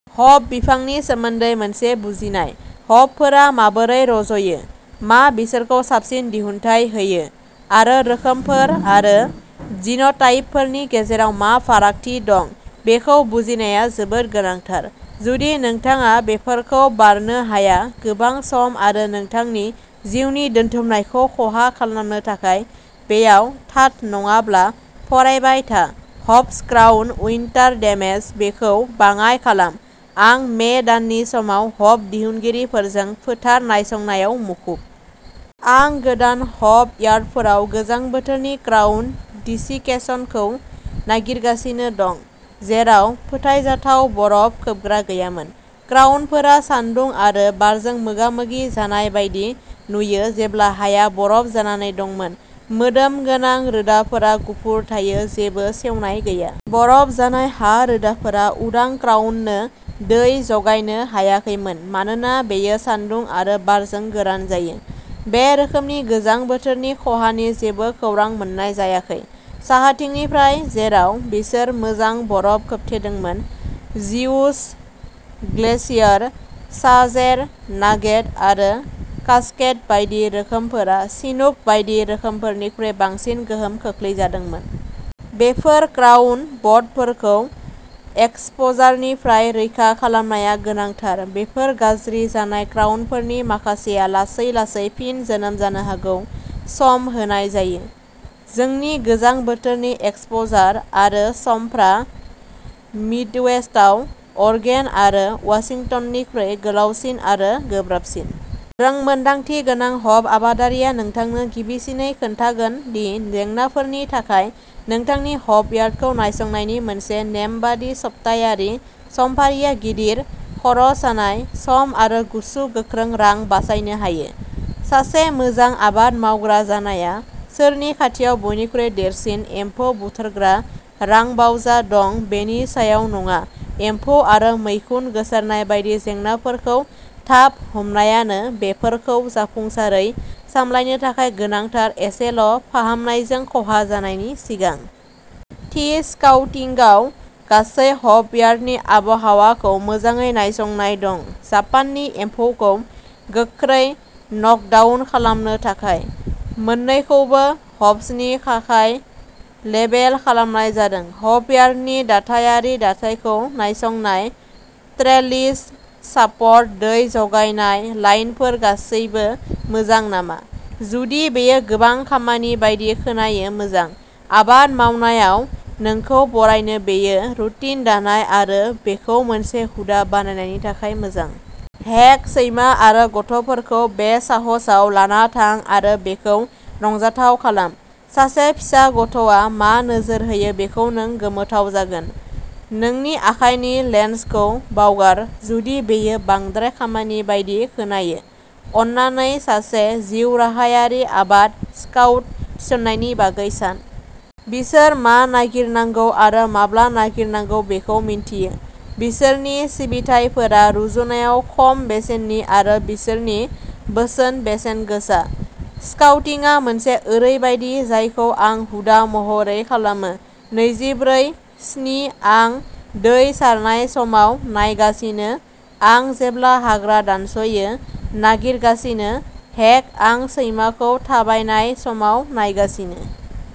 Hop बिफांनि सोमोन्दै मोनसे बुजिनाय। हपफोरा माबोरै रज'यो, मा बिसोरखौ साबसिन दिहुनथाय होयो, आरो रोखोमफोर आरो जिन'टाइपफोरनि गेजेराव मा फारागथि दं बेखौ बुजिनाया जोबोद गोनांथार। जुदि नोंथाङा बेफोरखौ बारनो हाया गोबां सम आरो नोंथांनि जिउनि दोनथुमनायखौ खहा खालामनो थाखाय बेयाव थाथ नङाब्ला फरायबाय था हप्स क्राउन उइन्टार डेमेज बेखौ बाङाइ खालाम, आं मे दाननि समाव हप दिहुनगिरिफोरजों फोथार नायसंनायाव मुखुब। आं गोदान हप यार्डफोराव गोजां बोथोरनि क्राउन दिसिकेसनखौ नागिरगासिनो दं जेराव फोथायजाथाव बरफ खोबग्रा गैयामोन। क्राउनफोरा सान्दुं आरो बारजों मोगामोगि जानाय बायदि नुयो जेब्ला हाया बरफ जानानै दंमोन। मोदोम गोनां रोदाफोरा गुफुर थायो जेबो सेवनाय गैया। बरफ जानाय हा रोदाफोरा उदां क्राउननो दै जगायनो हायाखैमोन मानोना बेयो सान्दुं आरो बारजों गोरान जायो। बे रोखोमनि गोजां बोथोरनि खहानि जेबो खौरां मोननाय जायाखै। साहाथिंनिफ्राय, जेराव बिसोर मोजां बरफ खोबथेदोंमोन। जिउस, ग्लेशियर, साजेर, नागेट आरो कास्केड बायदि रोखोमफोरा चिनुक बायदि रोखोमफोरनिख्रुइ बांसिन गोहोम खोख्लैजादोंमोन। बेफोर क्राउन बडफोरखौ एक्सप'जारनिफ्राय रैखा खालामनाया गोनांथार बेफोर गाज्रि जानाय क्राउनफोरनि माखासेआ लासै-लासै फिन जोनोम जानो हागौ, सम होनाय जायो। जोंनि गोजां बोथोरनि एक्सप'जार आरो समफ्रा मिडवेस्टआव अरेगन आरो वाशिंटननिख्रुइ गोलावसिन आरो गोब्राबसिन। रोंमोन्दांथि गोनां हप आबादारिया नोंथांनो गिबिसिनै खोन्थागोन दि जेंनाफोरनि थाखाय नोंथांनि हपयार्डखौ नायसंनायनि मोनसे नेमबादि सप्तायारि समफारिआ गिदिर खर'सानाय, सम आरो गुसु गोख्रों रां बासायनो हायो। सासे मोजां आबाद मावग्रा जानाया सोरनि खाथियाव बयनिख्रुइ देरसिन एम्फौ बुथारग्रा रांबावजा दं बेनि सायाव नङा एम्फौ आरो मैखुन गोसारनाय बायदि जेंनाफोरखौ थाब हमनायानो बेफोरखौ जाफुंसारै सामलायनो थाखाय गोनांथार एसेल' फाहामनायजों खहा जानायनि सिगां। थि स्काउटिंगआव गासै हपयार्डनि आबहावाखौ मोजाङै नायसंनाय दं। जापाननि एम्फौखौ गोख्रै नकडाउन खालामनो थाखाय। मोन्नैखौबो हप्सनि थाखाय लेबेल खालामनाय जादों। हपयार्डनि दाथायारि दाथायखौ नायसंनाय ट्रेलिस, सापर्ट, दै जगायनाय लाइनफोर गासैबो मोजां नामा? जुदि बेयो गोबां खामानि बायदि खोनायो मोजां, आबाद मावनायाव नोंखौ बरायनो बेयो रुटिन दानाय आरो बेखौ मोनसे हुदा बानायनायनि थाखाय मोजां। हेक, सैमा आरो गथ'फोरखौ बे साहसआव लाना थां आरो बेखौ रंजाथाव खालाम। सासे फिसा गथ'आ मा नोजोर होयो बेखौ नों गोमोथाव जागोन। नोंनि आखाइनि लेन्सखौ बावगार जुदि बेयो बांद्राय खामानि बायदि खोनायो, अन्नानै सासे जिउराहायारि आबाद स्काउट थिसननायनि बागै सान। बिसोर मा नागिरनांगौ आरो माब्ला नागिरनांगौ बेखौ मिन्थियो। बिसोरनि सिबिथाइफोरा रुजुनायाव खम बेसेननि आरो बिसोरनि बोसोन-बेसेनगोसा। स्काउटिंआ मोनसे ओरैबायदि जायखौ आं हुदा महरै खालामो नैजिब्रै स्नि आं दै सारनाय समाव नायगासिनो आं जेब्ला हाग्रा दानस'यो नागिरगासिनो हेक, आं सैमाखौ थाबायनाय समाव नायगासिनो।